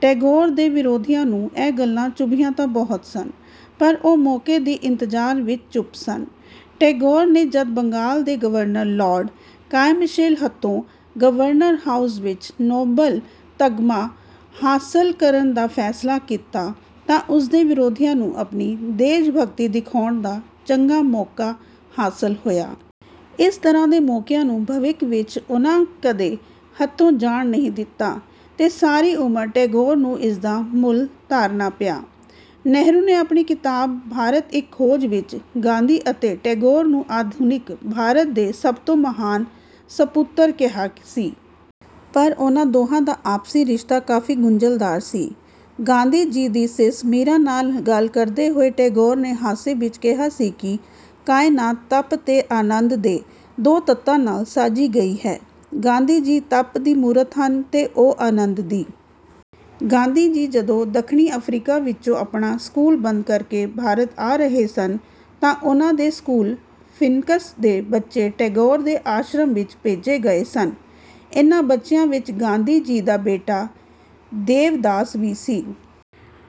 "ਟੈਗੋਰ ਦੇ ਵਿਰੋਧੀਆਂ ਨੂੰ ਇਹ ਗੱਲਾਂ ਚੁਭੀਆਂ ਤਾਂ ਬਹੁਤ ਸਨ। ਪਰ ਉਹ ਮੌਕੇ ਦੀ ਇੰਤਜ਼ਾਰ ਵਿੱਚ ਚੁੱਪ ਸਨ। ਟੈਗੋਰ ਨੇ ਜਦ ਬੰਗਾਲ ਦੇ ਗਵਰਨਰ ਲਾਰਡ ਕਾਰਿਮਿਸ਼ੇਲ ਹੱਥੋਂ ਗਵਰਨਰ ਹਾਊਸ ਵਿੱਚ ਨੋਬਲ ਤਗਮਾ ਹਾਸਿਲ ਕਰਨ ਦਾ ਫ਼ੈਸਲਾ ਕੀਤਾ ਤਾਂ ਉਸਦੇ ਵਿਰੋਧੀਆਂ ਨੂੰ ਆਪਣੀ ਦੇਸ਼ਭਗਤੀ ਦਿਖਾਉਣ ਦਾ ਚੰਗਾ ਮੌਕਾ ਹਾਸਿਲ ਹੋਇਆ। ਇਸ ਤਰ੍ਹਾਂ ਦੇ ਮੌਕਿਆਂ ਨੂੰ ਭਵਿਖ ਵਿੱਚ ਉਨ੍ਹਾ ਕਦੇ ਹੱਥੋਂ ਜਾਣ ਨਹੀਂ ਦਿੱਤਾ, ਤੇ ਸਾਰੀ ਉਮਰ ਟੈਗੋਰ ਨੂੰ ਇਸਦਾ ਮੁੱਲ ਤਾਰਨਾ ਪਿਆ। ਨਹਿਰੂ ਨੇ ਆਪਣੀ ਕਿਤਾਬ "ਭਾਰਤ ਇੱਕ ਖੋਜ" ਵਿੱਚ ਗਾਂਧੀ ਅਤੇ ਟੈਗੋਰ ਨੂੰ ਆਧੁਨਿਕ ਭਾਰਤ ਦੇ ਸਭ ਤੋਂ ਮਹਾਨ ਸਪੁੱਤਰ ਕਿਹਾ ਸੀ। ਪਰ ਉਨ੍ਹਾ ਦੋਹਾਂ ਦਾ ਆਪਸੀ ਰਿਸ਼ਤਾ ਕਾਫ਼ੀ ਗੁੰਝਲਦਾਰ ਸੀ। ਗਾਂਧੀ ਜੀ ਦੀ ਸ਼ਿਸ਼ ਮੀਰਾਂ ਨਾਲ ਗੱਲ ਕਰਦੇ ਹੋਏ ਟੈਗੋਰ ਨੇ ਹਾਸੇ ਵਿੱਚ ਕਿਹਾ ਸੀ ਕਿ ਕਾਇਨਾਤ ਤੱਪ ਤੇ ਆਨੰਦ ਦੇ ਦੋ ਤੱਤਾਂ ਨਾਲ ਸਾਜੀ ਗਈ ਹੈ, ਗਾਂਧੀ ਜੀ ਤੱਪ ਦੀ ਮੂਰਤ ਹਨ ਤੇ ਉਹ ਆਨੰਦ ਦੀ। ਗਾਂਧੀ ਜੀ ਜਦੋਂ ਦੱਖਣੀ ਅਫ਼ਰੀਕਾ ਵਿੱਚੋਂ ਆਪਣਾ ਸਕੂਲ ਬੰਦ ਕਰਕੇ ਭਾਰਤ ਆ ਰਹੇ ਸਨ ਤਾਂ ਉਨ੍ਹਾ ਦੇ ਸਕੂਲ "ਫ਼ੀਨਕਸ" ਦੇ ਬੱਚੇ ਟੈਗੋਰ ਦੇ ਆਸ਼ਰਮ ਵਿੱਚ ਭੇਜੇ ਗਏ ਸਨ। ਇਨ੍ਹਾ ਬੱਚਿਆਂ ਵਿੱਚ ਗਾਂਧੀ ਜੀ ਦਾ ਬੇਟਾ ਦੇਵਦਾਸ ਵੀ ਸੀ।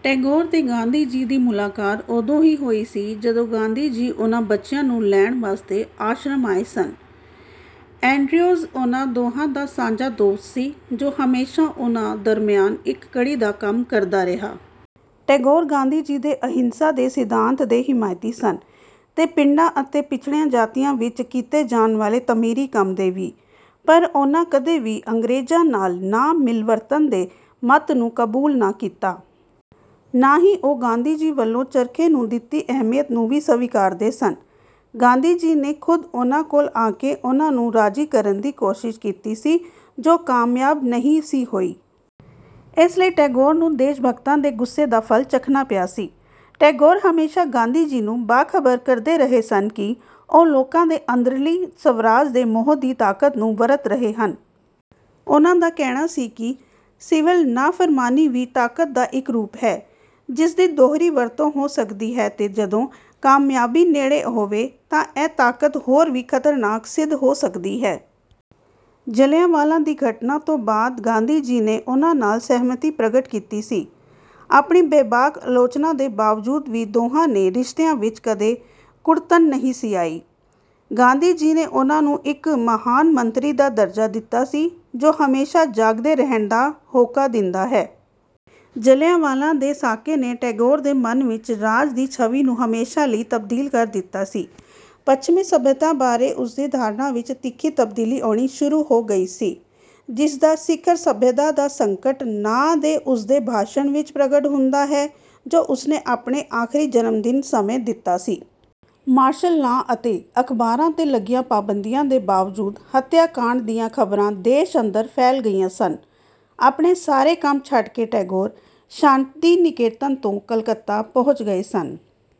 ਟੈਗੋਰ ਤੇ ਗਾਂਧੀ ਜੀ ਦੀ ਮੁਲਾਕਾਤ ਉਦੋਂ ਹੀ ਹੋਈ ਸੀ ਜਦੋਂ ਗਾਂਧੀ ਜੀ ਉਨ੍ਹਾ ਬੱਚਿਆਂ ਨੂੰ ਲੈਣ ਵਾਸਤੇ ਆਸ਼ਰਮ ਆਏ ਸਨ। ਐਂਡਰੀਉਜ਼ ਉਨ੍ਹਾ ਦੋਹਾਂ ਦਾ ਸਾਂਝਾ ਦੋਸਤ ਸੀ ਜੋ ਹਮੇਸ਼ਾਂ ਉਨ੍ਹਾ ਦਰਮਿਆਨ ਇੱਕ ਕੜੀ ਦਾ ਕੰਮ ਕਰਦਾ ਰਿਹਾ। ਟੈਗੋਰ ਗਾਂਧੀ ਜੀ ਦੇ ਅਹਿੰਸਾ ਦੇ ਸਿਧਾਂਤ ਦੇ ਹਿਮਾਇਤੀ ਸਨ ਤੇ ਪਿੰਡਾਂ ਅਤੇ ਪਿਛੜੀਆਂ ਜਾਤੀਆਂ ਵਿੱਚ ਕੀਤੇ ਜਾਣ ਵਾਲੇ ਤਮੀਰੀ ਕੰਮ ਦੇ ਵੀ। ਪਰ ਉਨ੍ਹਾ ਕਦੇ ਵੀ ਅੰਗਰੇਜ਼ਾਂ ਨਾਲ ਨਾ-ਮਿਲਵਰਤਣ ਦੇ ਮਤ ਨੂੰ ਕਬੂਲ ਨਾ ਕੀਤਾ। ਨਾ ਹੀ ਉਹ ਗਾਂਧੀ ਜੀ ਵੱਲੋਂ ਚਰਖੇ ਨੂੰ ਦਿੱਤੀ ਅਹਿਮੀਅਤ ਨੂੰ ਹੀ ਸਵੀਕਾਰਦੇ ਸਨ। ਗਾਂਧੀ ਜੀ ਨੇ ਖੁਦ ਉਨ੍ਹਾ ਕੋਲ ਆ ਕੇ ਉਨ੍ਹਾ ਨੂੰ ਰਾਜ਼ੀ ਕਰਨ ਦੀ ਕੋਸ਼ਿਸ਼ ਕੀਤੀ ਸੀ ਜੋ ਕਾਮਯਾਬ ਨਹੀਂ ਸੀ ਹੋਈ। ਇਸ ਲਈ ਟੈਗੋਰ ਨੂੰ ਦੇਸ਼ਭਗਤਾਂ ਦੇ ਗੁੱਸੇ ਦਾ ਫਲ ਚਖਣਾ ਪਿਆ ਸੀ। ਟੈਗੋਰ ਹਮੇਸ਼ਾ ਗਾਂਧੀ ਜੀ ਨੂੰ ਬਾਖਬਰ ਕਰਦੇ ਰਹੇ ਸਨ ਕਿ ਉਹ ਲੋਕਾਂ ਦੇ ਅੰਦਰਲੀ ਸਵਰਾਜ ਦੇ ਮੋਹ ਦੀ ਤਾਕਤ ਨੂੰ ਵਰਤ ਰਹੇ ਹਨ। ਉਨ੍ਹਾ ਦਾ ਕਹਿਣਾ ਸੀ ਕਿ ਸਿਵਲ ਨਾਫ਼ਰਮਾਨੀ ਵੀ ਤਾਕਤ ਦਾ ਇੱਕ ਰੂਪ ਹੈ, ਜਿਸਦੀ ਦੋਹਰੀ ਵਰਤੋਂ ਹੋ ਸਕਦੀ ਹੈ ਤੇ ਜਦੋਂ ਕਾਮਯਾਬੀ ਨੇੜੇ ਹੋਵੇ ਤਾਂ ਇਹ ਤਾਕਤ ਹੋਰ ਵੀ ਖਤਰਨਾਕ ਸਿੱਧ ਹੋ ਸਕਦੀ ਹੈ। ਜਲਿਆਂਵਾਲਾ ਦੀ ਘਟਨਾ ਤੋਂ ਬਾਦ ਗਾਂਧੀ ਜੀ ਨੇ ਉਨ੍ਹਾ ਨਾਲ ਸਹਿਮਤੀ ਪ੍ਰਗਟ ਕੀਤੀ ਸੀ। ਆਪਣੀ ਬੇਬਾਕ ਆਲੋਚਨਾ ਦੇ ਬਾਵਜੂਦ ਵੀ ਦੋਹਾਂ ਦੇ ਰਿਸ਼ਤਿਆਂ ਵਿੱਚ ਕਦੇ ਕੁੜਤਣ ਨਹੀਂ ਸੀ ਆਈ। ਗਾਂਧੀ ਜੀ ਨੇ ਉਨ੍ਹਾ ਨੂੰ ਇੱਕ "ਮਹਾਨ ਸੰਤਰੀ" ਦਾ ਦਰਜਾ ਦਿੱਤਾ ਸੀ ਜੋ ਹਮੇਸ਼ਾ ਜਾਗਦੇ ਰਹਿਣ ਦਾ ਹੋਕਾ ਦਿੰਦਾ ਹੈ। ਜਲਿਆਂਵਾਲਾ ਦੇ ਸਾਕੇ ਨੇ ਟੈਗੋਰ ਦੇ ਮਨ ਵਿੱਚ "ਰਾਜ" ਦੀ ਛਵੀ ਨੂੰ ਹਮੇਸ਼ਾ ਲਈ ਤਬਦੀਲ ਕਰ ਦਿੱਤਾ ਸੀ। ਪਛਮੀ ਸਭਿਅਤਾ ਬਾਰੇ ਉਸਦੀ ਧਾਰਨਾ ਵਿੱਚ ਤਿੱਖੀ ਤਬਦੀਲੀ ਆਉਣੀ ਸ਼ੁਰੂ ਹੋ ਗਈ ਸੀ, ਜਿਸਦਾ ਸਿਖਰ "ਸਭਿਅਤਾ ਦਾ ਸੰਕਟ" ਨਾਂ ਦੇ ਉਸਦੇ ਭਾਸ਼ਣ ਵਿੱਚ ਪ੍ਰਗਟ ਹੁੰਦਾ ਹੈ ਜੋ ਉਸਨੇ ਆਪਣੇ ਆਖਰੀ ਜਨਮਦਿਨ ਸਮੇਂ ਦਿੱਤਾ ਸੀ। ਮਾਰਸ਼ਲ ਲਾਅ ਅਤੇ ਅਖਬਾਰਾਂ 'ਤੇ ਲੱਗੀਆਂ ਪਾਬੰਦੀਆਂ ਦੇ ਬਾਵਜੂਦ ਹਤਿਆਕਾੰਡ ਦੀਆਂ ਖਬਰਾਂ ਦੇਸ਼ ਅੰਦਰ ਫੈਲ ਗਈਆਂ ਸਨ। ਆਪਣੇ ਸਾਰੇ ਕੰਮ ਛੱਡ ਕੇ ਟੈਗੋਰ ਸ਼ਾਂਤੀ-ਨਿਕੇਤਨ ਤੋਂ ਕਲਕੱਤਾ ਪਹੁੰਚ ਗਏ ਸਨ।